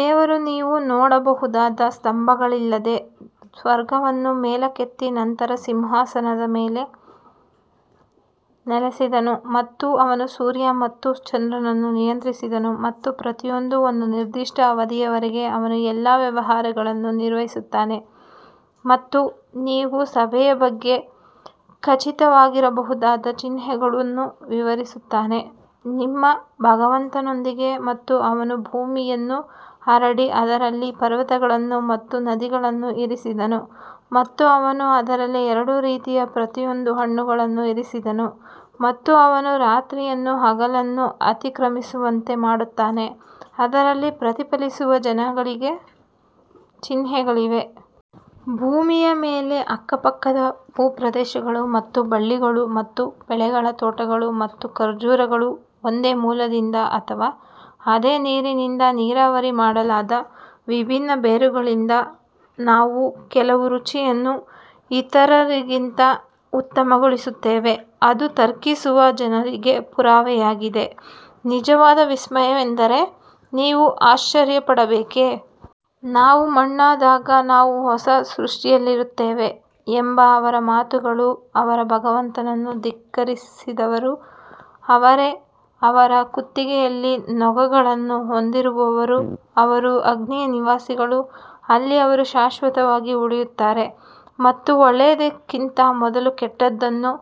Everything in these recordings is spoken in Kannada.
ದೇವರು ನೀವು ನೋಡಬಹುದಾದ ಸ್ತಂಭಗಳಿಲ್ಲದೆ ಸ್ವರ್ಗವನ್ನು ಮೇಲಕ್ಕೆತ್ತಿ ನಂತರ ಸಿಂಹಾಸನದ ಮೇಲೆ ನೆಲೆಸಿದನು ಮತ್ತು ಅವನು ಸೂರ್ಯ ಮತ್ತು ಚಂದ್ರನನ್ನು ನಿಯಂತ್ರಿಸಿದನು ಮತ್ತು ಪ್ರತಿಯೊಂದೂ ಒಂದು ನಿರ್ದಿಷ್ಟ ಅವಧಿಯವರೆಗೆ ಅವನು ಎಲ್ಲಾ ವ್ಯವಹಾರಗಳನ್ನು ನಿರ್ವಹಿಸುತ್ತಾನೆ ಮತ್ತು ನೀವು ಸಭೆಯ ಬಗ್ಗೆ ಖಚಿತವಾಗಿರಬಹುದಾದ ಚಿಹ್ನೆಗಳನ್ನು ವಿವರಿಸುತ್ತಾನೆ. ನಿಮ್ಮ ಭಗವಂತನೊಂದಿಗೆ ಮತ್ತು ಅವನು ಭೂಮಿಯನ್ನು ಹರಡಿ ಅದರಲ್ಲಿ ಪರ್ವತಗಳನ್ನು ಮತ್ತು ನದಿಗಳನ್ನು ಇರಿಸಿದನು ಮತ್ತು ಅವನು ಅದರಲ್ಲಿ ಎರಡು ರೀತಿಯ ಪ್ರತಿಯೊಂದು ಹಣ್ಣುಗಳನ್ನು ಇರಿಸಿದನು ಮತ್ತು ಅವನು ರಾತ್ರಿಯನ್ನು ಹಗಲನ್ನು ಅತಿಕ್ರಮಿಸುವಂತೆ ಮಾಡುತ್ತಾನೆ, ಅದರಲ್ಲಿ ಪ್ರತಿಫಲಿಸುವ ಜನರಿಗೆ ಚಿಹ್ನೆಗಳಿವೆ. ಭೂಮಿಯ ಮೇಲೆ ಅಕ್ಕಪಕ್ಕದ ಭೂಪ್ರದೇಶಗಳು ಮತ್ತು ಬಳ್ಳಿಗಳು ಮತ್ತು ಬೆಳೆಗಳ ತೋಟಗಳು ಮತ್ತು ಖರ್ಜೂರಗಳು ಒಂದೇ ಮೂಲದಿಂದ ಅಥವಾ ಅದೇ ನೀರಿನಿಂದ ನೀರಾವರಿ ಮಾಡಲಾದ ವಿಭಿನ್ನ ಬೇರುಗಳಿಂದ ನಾವು ಕೆಲವು ರುಚಿಯನ್ನು ಇತರರಿಗಿಂತ ಉತ್ತಮಗೊಳಿಸುತ್ತೇವೆ, ಅದು ತರ್ಕಿಸುವ ಜನರಿಗೆ ಪುರಾವೆಯಾಗಿದೆ. ನಿಜವಾದ ವಿಸ್ಮಯವೆಂದರೆ ನೀವು ಆಶ್ಚರ್ಯಪಡಬೇಕೇ, ನಾವು ಮಣ್ಣಾದಾಗ ನಾವು ಹೊಸ ಸೃಷ್ಟಿಯಲ್ಲಿರುತ್ತೇವೆ ಎಂಬ ಅವರ ಮಾತುಗಳು ಅವರ ಭಗವಂತನನ್ನು ಧಿಕ್ಕರಿಸಿದವರು ಅವರೇ ಅವರ ಕುತ್ತಿಗೆಯಲ್ಲಿ ನೊಗಗಳನ್ನು ಹೊಂದಿರುವವರು ಅವರು ಅಗ್ನಿಯ ನಿವಾಸಿಗಳು ಅಲ್ಲಿ ಅವರು ಶಾಶ್ವತವಾಗಿ ಉಳಿಯುತ್ತಾರೆ ಮತ್ತು ಒಳ್ಳೆಯದಕ್ಕಿಂತ ಮೊದಲು ಕೆಟ್ಟದ್ದನ್ನು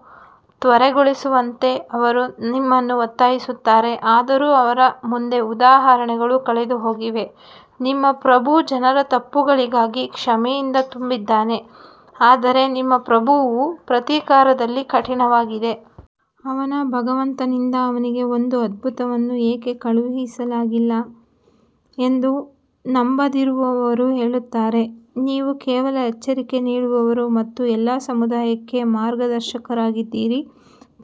ತ್ವರೆಗೊಳಿಸುವಂತೆ ಅವರು ನಿಮ್ಮನ್ನು ಒತ್ತಾಯಿಸುತ್ತಾರೆ, ಆದರೂ ಅವರ ಮುಂದೆ ಉದಾಹರಣೆಗಳು ಕಳೆದುಹೋಗಿವೆ, ನಿಮ್ಮ ಪ್ರಭು ಜನರ ತಪ್ಪುಗಳಿಗಾಗಿ ಕ್ಷಮೆಯಿಂದ ತುಂಬಿದ್ದಾನೆ ಆದರೆ ನಿಮ್ಮ ಪ್ರಭುವು ಪ್ರತೀಕಾರದಲ್ಲಿ ಕಠಿಣವಾಗಿದೆ. ಅವನ ಭಗವಂತನಿಂದ ಅವನಿಗೆ ಒಂದು ಅದ್ಭುತವನ್ನು ಏಕೆ ಕಳುಹಿಸಲಾಗಿಲ್ಲ ಎಂದು ನಂಬದಿರುವವರು ಹೇಳುತ್ತಾರೆ, ನೀವು ಕೇವಲ ಎಚ್ಚರಿಕೆ ನೀಡುವವರು ಮತ್ತು ಎಲ್ಲಾ ಸಮುದಾಯಕ್ಕೆ ಮಾರ್ಗದರ್ಶಕರಾಗಿದ್ದೀರಿ.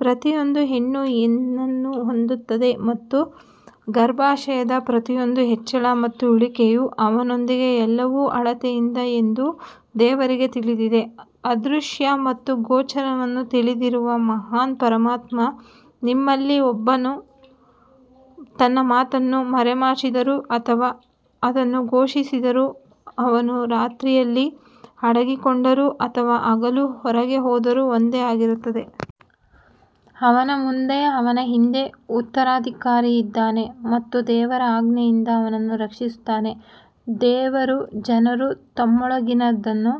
ಪ್ರತಿಯೊಂದು ಹೆಣ್ಣು ಏನನ್ನು ಹೊಂದುತ್ತದೆ ಮತ್ತು ಗರ್ಭಾಶಯದ ಪ್ರತಿಯೊಂದು ಹೆಚ್ಚಳ ಮತ್ತು ಇಳಿಕೆಯು ಅವನೊಂದಿಗೆ ಎಲ್ಲವೂ ಅಳತೆಯಿಂದ ಎಂದು ದೇವರಿಗೆ ತಿಳಿದಿದೆ ಅದೃಶ್ಯ ಮತ್ತು ಗೋಚರವನ್ನು ತಿಳಿದಿರುವ ಮಹಾನ್ ಪರಮಾತ್ಮ ನಿಮ್ಮಲ್ಲಿ ಒಬ್ಬನು ತನ್ನ ಮಾತನ್ನು ಮರೆಮಾಚಿದರೂ ಅಥವಾ ಅದನ್ನು ಘೋಷಿಸಿದರೂ ಅವನು ರಾತ್ರಿಯಲ್ಲಿ ಅಡಗಿಕೊಂಡರೂ ಅಥವಾ ಹಗಲು ಹೊರಗೆ ಹೋದರೂ ಒಂದೇ ಆಗಿರುತ್ತದೆ. ಅವನ ಮುಂದೆ ಅವನ ಹಿಂದೆ ಉತ್ತರಾಧಿಕಾರಿಯಿದ್ದಾನೆ ಮತ್ತು ದೇವರ ಆಜ್ಞೆಯಿಂದ ಅವನನ್ನು ರಕ್ಷಿಸುತ್ತಾನೆ ದೇವರು ಜನರು ತಮ್ಮೊಳಗಿನದನ್ನು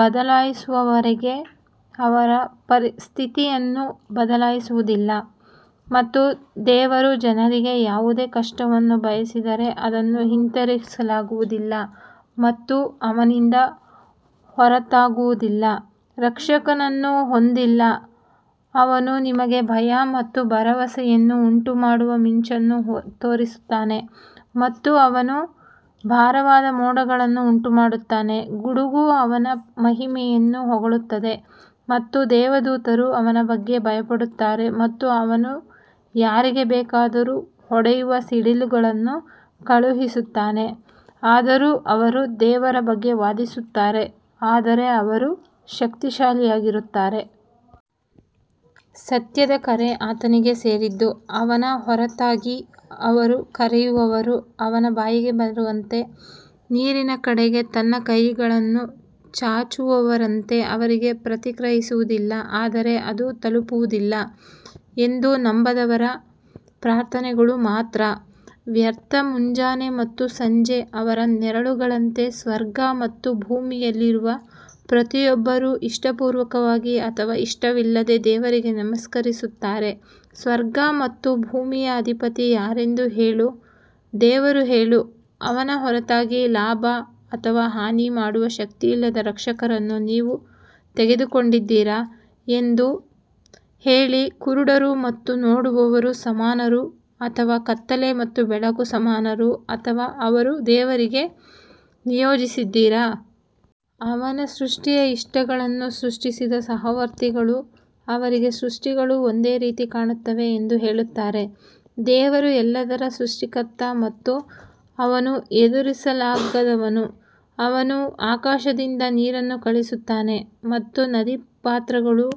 ಬದಲಾಯಿಸುವವರೆಗೆ ಅವರ ಸ್ಥಿತಿಯನ್ನು ಬದಲಾಯಿಸುವುದಿಲ್ಲ ಮತ್ತು ದೇವರು ಜನರಿಗೆ ಯಾವುದೇ ಕಷ್ಟವನ್ನು ಬಯಸಿದರೆ ಅದನ್ನು ಹಿಂತಿರುಗಿಸಲಾಗುವುದಿಲ್ಲ ಮತ್ತು ಅವನಿಂದ ಹೊರತಾಗುವುದಿಲ್ಲ. ರಕ್ಷಕನನ್ನು ಹೊಂದಿಲ್ಲ ಅವನು ನಿಮಗೆ ಭಯ ಮತ್ತು ಭರವಸೆಯನ್ನು ಉಂಟುಮಾಡುವ ಮಿಂಚನ್ನು ತೋರಿಸುತ್ತಾನೆ ಮತ್ತು ಅವನು ಭಾರವಾದ ಮೋಡಗಳನ್ನು ಉಂಟುಮಾಡುತ್ತಾನೆ ಗುಡುಗು ಅವನ ಮಹಿಮೆಯನ್ನು ಹೊಗಳುತ್ತದೆ ಮತ್ತು ದೇವದೂತರು ಅವನ ಬಗ್ಗೆ ಭಯಪಡುತ್ತಾರೆ ಮತ್ತು ಅವನು ಯಾರಿಗೆ ಬೇಕಾದರೂ ಹೊಡೆಯುವ ಸಿಡಿಲುಗಳನ್ನು ಕಳುಹಿಸುತ್ತಾನೆ, ಆದರೂ ಅವರು ದೇವರ ಬಗ್ಗೆ ವಾದಿಸುತ್ತಾರೆ, ಆದರೆ ಅವರು ಶಕ್ತಿಶಾಲಿಯಾಗಿರುತ್ತಾರೆ. ಸತ್ಯದ ಕರೆ ಆತನಿಗೆ ಸೇರಿದ್ದು, ಅವನ ಹೊರತಾಗಿ ಅವರು ಕರೆಯುವವರು ಅವನ ಬಾಯಿಗೆ ಬರುವಂತೆ ನೀರಿನ ಕಡೆಗೆ ತನ್ನ ಕೈಗಳನ್ನು ಚಾಚುವವರಂತೆ ಅವರಿಗೆ ಪ್ರತಿಕ್ರಿಯಿಸುವುದಿಲ್ಲ ಆದರೆ ಅದು ತಲುಪುವುದಿಲ್ಲ ಎಂದು ನಂಬದವರ ಪ್ರಾರ್ಥನೆಗಳು ಮಾತ್ರ. ವ್ಯರ್ಥ ಮುಂಜಾನೆ ಮತ್ತು ಸಂಜೆ ಅವರ ನೆರಳುಗಳಂತೆ ಸ್ವರ್ಗ ಮತ್ತು ಭೂಮಿಯಲ್ಲಿರುವ ಪ್ರತಿಯೊಬ್ಬರೂ ಇಷ್ಟಪೂರ್ವಕವಾಗಿ ಅಥವಾ ಇಷ್ಟವಿಲ್ಲದೆ ದೇವರಿಗೆ ನಮಸ್ಕರಿಸುತ್ತಾರೆ ಸ್ವರ್ಗ ಮತ್ತು ಭೂಮಿಯ ಅಧಿಪತಿ ಯಾರೆಂದು ಹೇಳು ದೇವರು ಹೇಳು ಅವನ ಹೊರತಾಗಿ ಲಾಭ ಅಥವಾ ಹಾನಿ ಮಾಡುವ ಶಕ್ತಿಯಿಲ್ಲದ ರಕ್ಷಕರನ್ನು ನೀವು ತೆಗೆದುಕೊಂಡಿದ್ದೀರಾ ಎಂದು ಹೇಳಿ ಕುರುಡರು ಮತ್ತು ನೋಡುವವರು ಸಮಾನರು ಅಥವಾ ಕತ್ತಲೆ ಮತ್ತು ಬೆಳಕು ಸಮಾನರು ಅಥವಾ ಅವರು ದೇವರಿಗೆ ನಿಯೋಜಿಸಿದ್ದೀರಾ? ಅವನ ಸೃಷ್ಟಿಯ ಇಷ್ಟಗಳನ್ನು ಸೃಷ್ಟಿಸಿದ ಸಹವರ್ತಿಗಳು ಅವರಿಗೆ ಸೃಷ್ಟಿಗಳು ಒಂದೇ ರೀತಿ ಕಾಣುತ್ತವೆ ಎಂದು ಹೇಳುತ್ತಾರೆ ದೇವರು ಎಲ್ಲದರ ಸೃಷ್ಟಿಕರ್ತ ಮತ್ತು ಅವನು ಎದುರಿಸಲಾಗದವನು ಅವನು ಆಕಾಶದಿಂದ ನೀರನ್ನು ಕಳುಹಿಸುತ್ತಾನೆ ಮತ್ತು ನದಿಪಾತ್ರಗಳು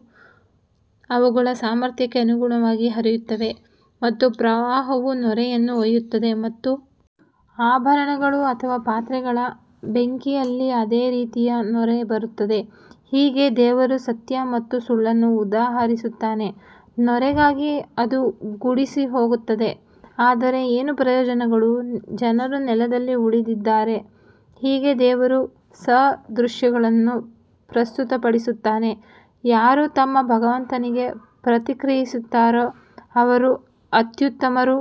ಅವುಗಳ ಸಾಮರ್ಥ್ಯಕ್ಕೆ ಅನುಗುಣವಾಗಿ ಹರಿಯುತ್ತವೆ ಮತ್ತು ಪ್ರವಾಹವು ನೊರೆಯನ್ನು ಒಯ್ಯುತ್ತದೆ ಮತ್ತು ಆಭರಣಗಳು ಅಥವಾ ಪಾತ್ರೆಗಳ ಬೆಂಕಿಯಲ್ಲಿ ಅದೇ ರೀತಿಯ ನೊರೆ ಬರುತ್ತದೆ, ಹೀಗೆ ದೇವರು ಸತ್ಯ ಮತ್ತು ಸುಳ್ಳನ್ನು ಉದಾಹರಿಸುತ್ತಾನೆ ನೊರೆಗಾಗಿ ಅದು ಗುಡಿಸಿಹೋಗುತ್ತದೆ ಆದರೆ ಏನು ಪ್ರಯೋಜನಗಳು ಜನರು ನೆಲದಲ್ಲಿ ಉಳಿದಿದ್ದಾರೆ ಹೀಗೆ ದೇವರು ಸಾದೃಶ್ಯಗಳನ್ನು ಪ್ರಸ್ತುತಪಡಿಸುತ್ತಾನೆ ಯಾರು ತಮ್ಮ ಭಗವಂತನಿಗೆ ಪ್ರತಿಕ್ರಿಯಿಸುತ್ತಾರೋ ಅವರು ಅತ್ಯುತ್ತಮರು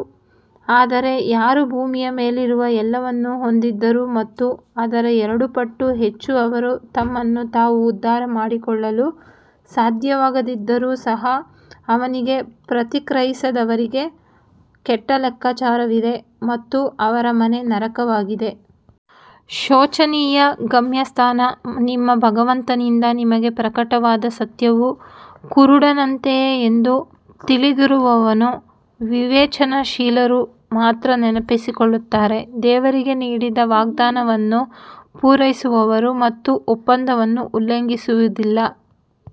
ಆದರೆ ಯಾರು ಭೂಮಿಯ ಮೇಲಿರುವ ಎಲ್ಲವನ್ನೂ ಹೊಂದಿದ್ದರೂ ಮತ್ತು ಅದರ ಎರಡು ಪಟ್ಟು ಹೆಚ್ಚು ಅವರು ತಮ್ಮನ್ನು ತಾವು ಉದ್ಧಾರ ಮಾಡಿಕೊಳ್ಳಲು ಸಾಧ್ಯವಾಗದಿದ್ದರೂ ಸಹ ಅವನಿಗೆ ಪ್ರತಿಕ್ರಿಯಿಸದವರಿಗೆ ಕೆಟ್ಟ ಲೆಕ್ಕಾಚಾರವಿದೆ ಮತ್ತು ಅವರ ಮನೆ ನರಕವಾಗಿದೆ. ಶೋಚನೀಯ ಗಮ್ಯಸ್ಥಾನ ನಿಮ್ಮ ಭಗವಂತನಿಂದ ನಿಮಗೆ ಪ್ರಕಟವಾದ ಸತ್ಯವು ಕುರುಡನಂತೆಯೇ ಎಂದು ತಿಳಿದಿರುವವನು ವಿವೇಚನಾಶೀಲರು ಮಾತ್ರ ನೆನಪಿಸಿಕೊಳ್ಳುತ್ತಾರೆ ದೇವರಿಗೆ ನೀಡಿದ ವಾಗ್ದಾನವನ್ನು ಪೂರೈಸುವವರು ಮತ್ತು ಒಪ್ಪಂದವನ್ನು ಉಲ್ಲಂಘಿಸುವುದಿಲ್ಲ.